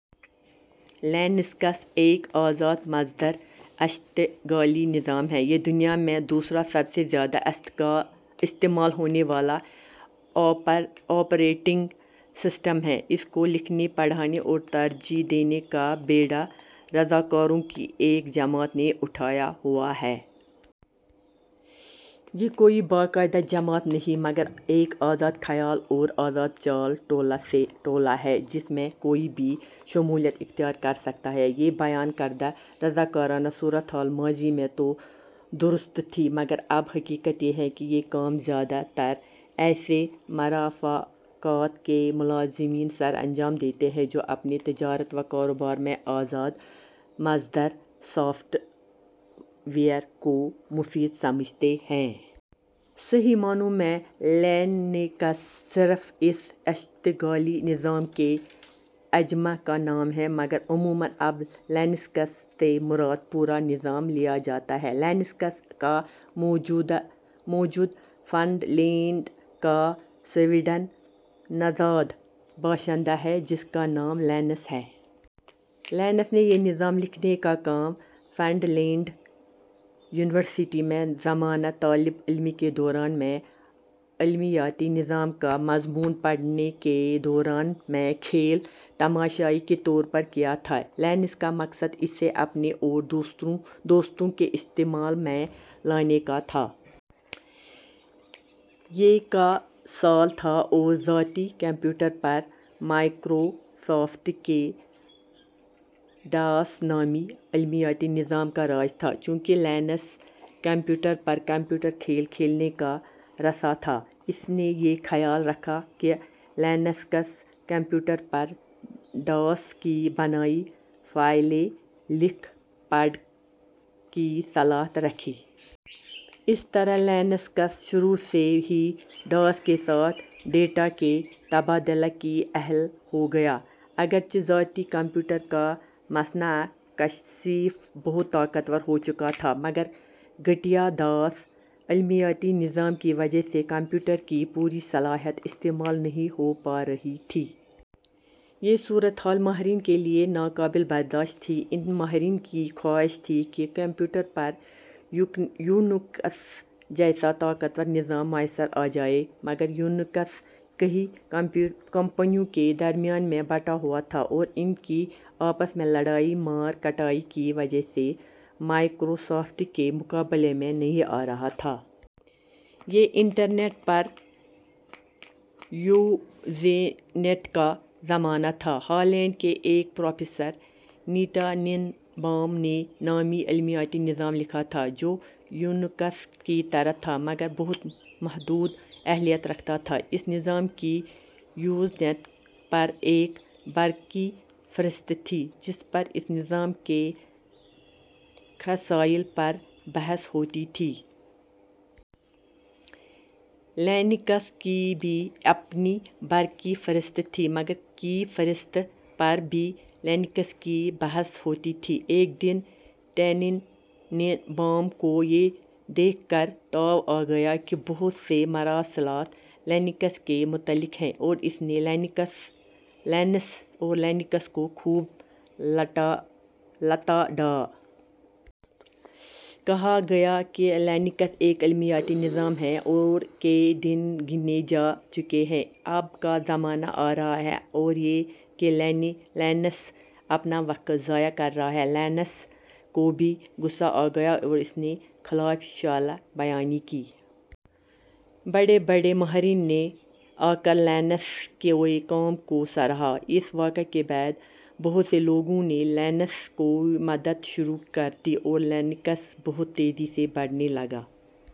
Linux ایک آزاد مصدر اشتغالی نظام ہے۔ یہ دُنیا میں دوسرا سب سے زیادہ استعمال ہونے والا آپریٹنگ سسٹم ہے۔ اس کو لکھنے، بڑھانے اور ترویج دینے کا بیڑا رضاکاروں کی ایک جماعت نے اٹھایا ہوا ہے۔ یہ کوئی باقاعدہ جماعت نہیں مگر ایک آزاد خیال اور آزاد چال ٹولہ ہے جس میں کوئی بھی شمولیت اختیار کر سکتا ہے۔ یہ بیان کردہ رضاکارانہ صورتِ حال ماضی میں تو درست تھی مگر اب حقیقت یہ ہے کہ یہ کام زیادہ تر ایسے مرافقات کے ملازمین سر انجام دیتے ہیں جو اپنے تجارت و کاروبار میں آزاد مصدر سافٹ ویئر کو مفید سمجھتے ہیں۔ صحیح معنوں میں لینکس صرف اُس اشتغالی نظام کے عجمہ کا نام ہے۔ مگر عموماً اب "لینکس" سے مراد پورا نظام لیا جاتا ہے۔ لینکس کا موجد فنلینڈ کا سویڈن نژاد باشندہ ہے، جس کا نام لینس ہے۔ لینس نے یہ نظام لکھنے کا کام فنلینڈ یونیوسٹی میں زمانہ طالب علمی کے دوران میں عملیاتی نظام کا مضمون پڑھنے کے دوران میں کھیل تماشے کے طور پر کیا تھا۔ لینس کا مقصد اسے اپنے اور دوستوں کے استعمال میں لانے کا تھا۔ یہ کا سال تھا اور ذاتی کمپیوٹر پر مائکروسافٹ کے ڈاس نامی عملیاتی نظام کا راج تھا۔ چونکہ لینس کمپوٹر پر کمپیوٹر کھیل کھیلنے کا رسیا تھا اس نے یہ خیال رکھا کہ لینکس کمپیوٹر پر "ڈاس" کی بنائی فائلیں لکھ پڑھ کی صلاحیت رکھے۔ اس طرح لینکس شروع سے ہی "ڈاس" کے ساتھ ڈیٹا کے تبادلہ کی اہل ہو گیا۔ اگرچہ ذاتی کمپیوٹر کا مصنع کثیف بہت طاقتور ہو چکا تھا مگر گھٹیا "ڈاس" عملیاتی نظام کی وجہ سے کمپیوٹر کی پوری صلاحیت استعمال نہیں ہو پا رہی تھی۔ یہ صورت حال ماہرین کے لیے ناقابل برداشت تھی۔ ان ماہرین کی خواہش تھی کہ کمپوٹر پر یونکس جیسا طاقتور نظام میسر آ جائے۔ مگر یونکس کئی کمپنیوں کے درمیان میں بٹا ہوا تھا اور ان کی آپس میں لڑائی مار کٹائی کی وجہ سے مائکروسافٹ کے مقابلے میں نہیں آ رہا تھا۔ یہ انٹرنیٹ پر یوزنیٹ کا زمانہ تھا۔ ہالینڈ کے ایک پروفیسر ٹیننبام نے نامی عملیاتی نظام لکھا تھا جو یونکس کی طرح تھا مگر بہت محدود اہلیت رکھتا تھا۔ اس نظام کی یوزنیٹ پر ایک برقی فہرست تھی جس پر اس نظام کے خصائل پر بحث ہوتی تھی۔ لینکس کی بھی اپنی برقی فہرست تھی مگر کی فہرست پر بھی لینکس کی بحث ہوتی تھی۔ ایک دن ٹیننبام کو یہ دیکھ کر تاؤ آ گیا کہ بہت سے مراسلات لینکس کے متعلق ہیں اور اس نے لینس اور لینکس کو خوب لتاڑا۔ کہا کہ لینکس ایک عملیاتی نظام ہے اور کے دن گنے جا چکے ہیں۔ اب کا زمانہ آ رہا ہے اور یہ کہ لینس اپنا وقت ضائع کر رہا ہے۔ لینس کو بھی غصہ آ گیا اور اس نے کے خلاف شعلہ بیانی کی۔ بڑے بڑے ماہرین نے آ کر لینس کے کام کو سراہا۔ اس واقعہ کے بعد بہت سے لوگوں نے لینس کی مدد شروع کر دی اور لینکس بہت تیزی سے بڑھنے لگا۔